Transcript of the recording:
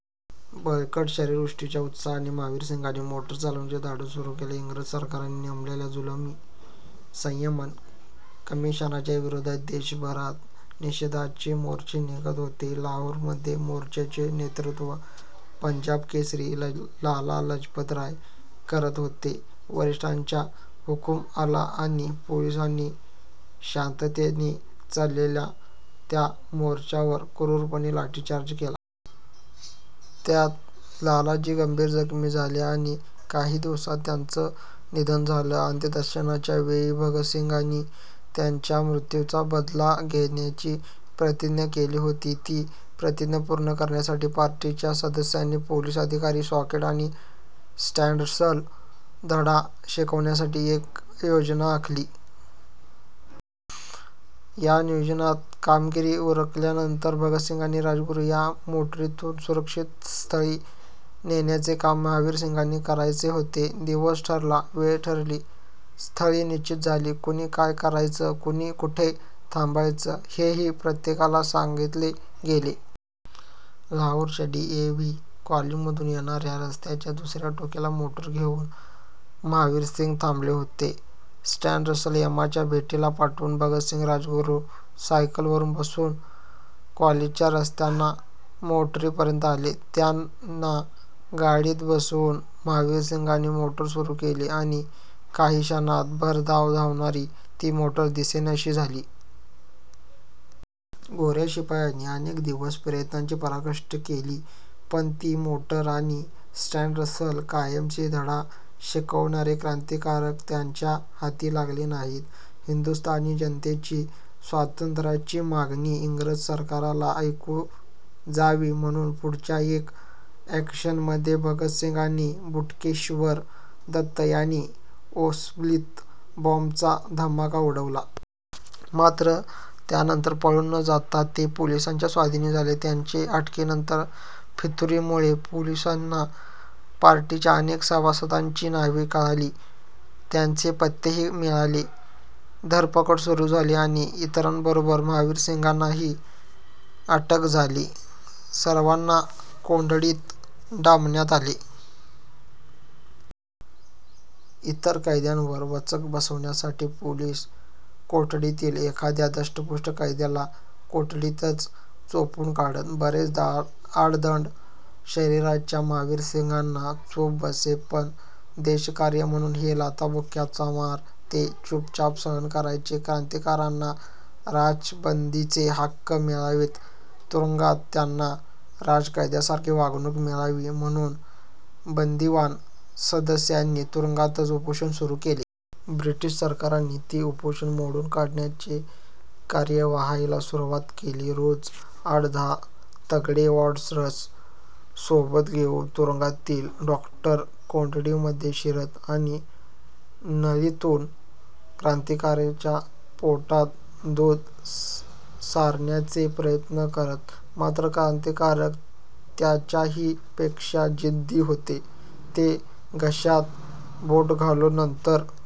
बळकट शरीरयष्टीच्या उत्साही महावीरसिंगांनी मोटार चालविण्याचे धडे सुरू केले. इंग्रज सरकारनं नेमलेल्या जुलमी सायमन कमिशनच्या विरोधात देशभरात निषेधाचे मोर्चे निघत होते. लाहोरमधील मोर्चाचं नेतृत्व पंजाब केसरी लाला लजपतराय करीत होते. वरिष्ठांचा हुकूम आला आणि पोलिसांनी शांततेनं चाललेल्या त्या मोर्चावर क्रूरपणे लाठीचार्ज केला. त्यात लालाजी गंभीर जखमी झाले आणि काही दिवसांतच त्यांचं निधन झालं. अंत्यदर्शनाच्या वेळी भगतसिंगांनी त्यांच्या मृत्यूचा बदला घेण्याची प्रतिज्ञा केली होती. ती प्रतिज्ञा पूर्ण करण्यासाठी पार्टीच्या सदस्यांनी पोलीस अधिकारी स्कॉट आणि साँडर्सला धडा शिकविण्यासाठी एक योजना आखली. या योजनेत कामगिरी उरकल्यानंतर भगतसिंग आणि राजगुरू यांना मोटारीतून सुरक्षित स्थळी नेण्याचं काम महावीरसिंगांना करायचं होतं. दिवस ठरला, वेळ ठरली, स्थळही निश्चित झालं. कुणी काय करायचं, कुणी कुठे थांबायचं, हेही प्रत्येकाला सांगितलं गेलं. लाहोरच्या डी. ए. व्ही. कॉलेजमधून येणाऱ्या रस्त्याच्या दुसऱ्या टोकाला मोटार घेऊन महावीरसिंग थांबले होते. साँडर्सला यमाच्या भेटीला पाठवून भगतसिंग, राजगुरू सायकलवर बसून कॉलेजच्या रस्त्यानं मोटारीपर्यंत आले. त्यांना गाडीत बसवून महावीरसिंगांनी मोटार सुरू केली आणि काही क्षणांतच भरधाव धावणारी ती मोटार दिसेनाशी झाली. गोऱ्या शिपायांनी अनेक दिवस प्रयत्नांची पराकाष्ठा केली, पण ती मोटार आणि साँडर्सला कायमचा धडा शिकविणारे क्रांतिकारक त्यांच्या हाती लागले नाहीत. हिंदुस्थानी जनतेची स्वातंत्र्याची मागणी इंग्रज सरकारला ऐकू जावी म्हणून पुढच्या एका ॲक्शनमध्ये भगतसिंग आणि बटुकेश्वर दत्त यांनी असेंब्लीत बॉम्बचा धमाका उडवला. मात्र त्यानंतर पळून न जाता ते पोलिसांच्या स्वाधीन झाले. त्यांच्या अटकेनंतर फितुरीमुळे पोलिसांना पार्टीच्या अनेक सभासदांची नावं कळली. त्यांचे पत्तेही मिळाले. धरपकड सुरू झाली आणि इतरांबरोबर महावीरसिंगांनाही अटक झाली. सर्वांना कोठडीत डांबण्यात आलं. इतर कैद्यांवर वचक बसविण्यासाठी पोलीस कोठडीतील एखाद्या धष्टपुष्ट कैद्याला कोठडीतच चोपून काढीत. बरेचदा आडदंड शरीराच्या महावीरसिंगांना चोप बसे. पण देशकार्य म्हणून हा लाथाबुक्क्यांचा मार ते चुपचाप सहन करायचे. क्रांतिकारकांना राजबंद्यांचे हक्क मिळावेत, तुरुंगात त्यांना राजकैद्यांसारखी वागणूक मिळावी म्हणून बंदिवान सदस्यांनी तुरुंगातच उपोषण सुरू केलं. ब्रिटिश सरकारनं ते उपोषण मोडून काढण्याच्या कार्यवाहीला सुरुवात केली. रोज आठ-दहा तगडे वॉर्डर्स सोबत घेऊन तुरुंगातील डॉक्टर कोठड्यांमध्ये शिरत आणि नळीतून क्रांतिकारकांच्या पोटात दूध सारण्याचा प्रयत्न करीत. मात्र क्रांतिकारक त्यांच्याहीपेक्षा जिद्दी होते. ते घशात बोटं घालून नाहीतर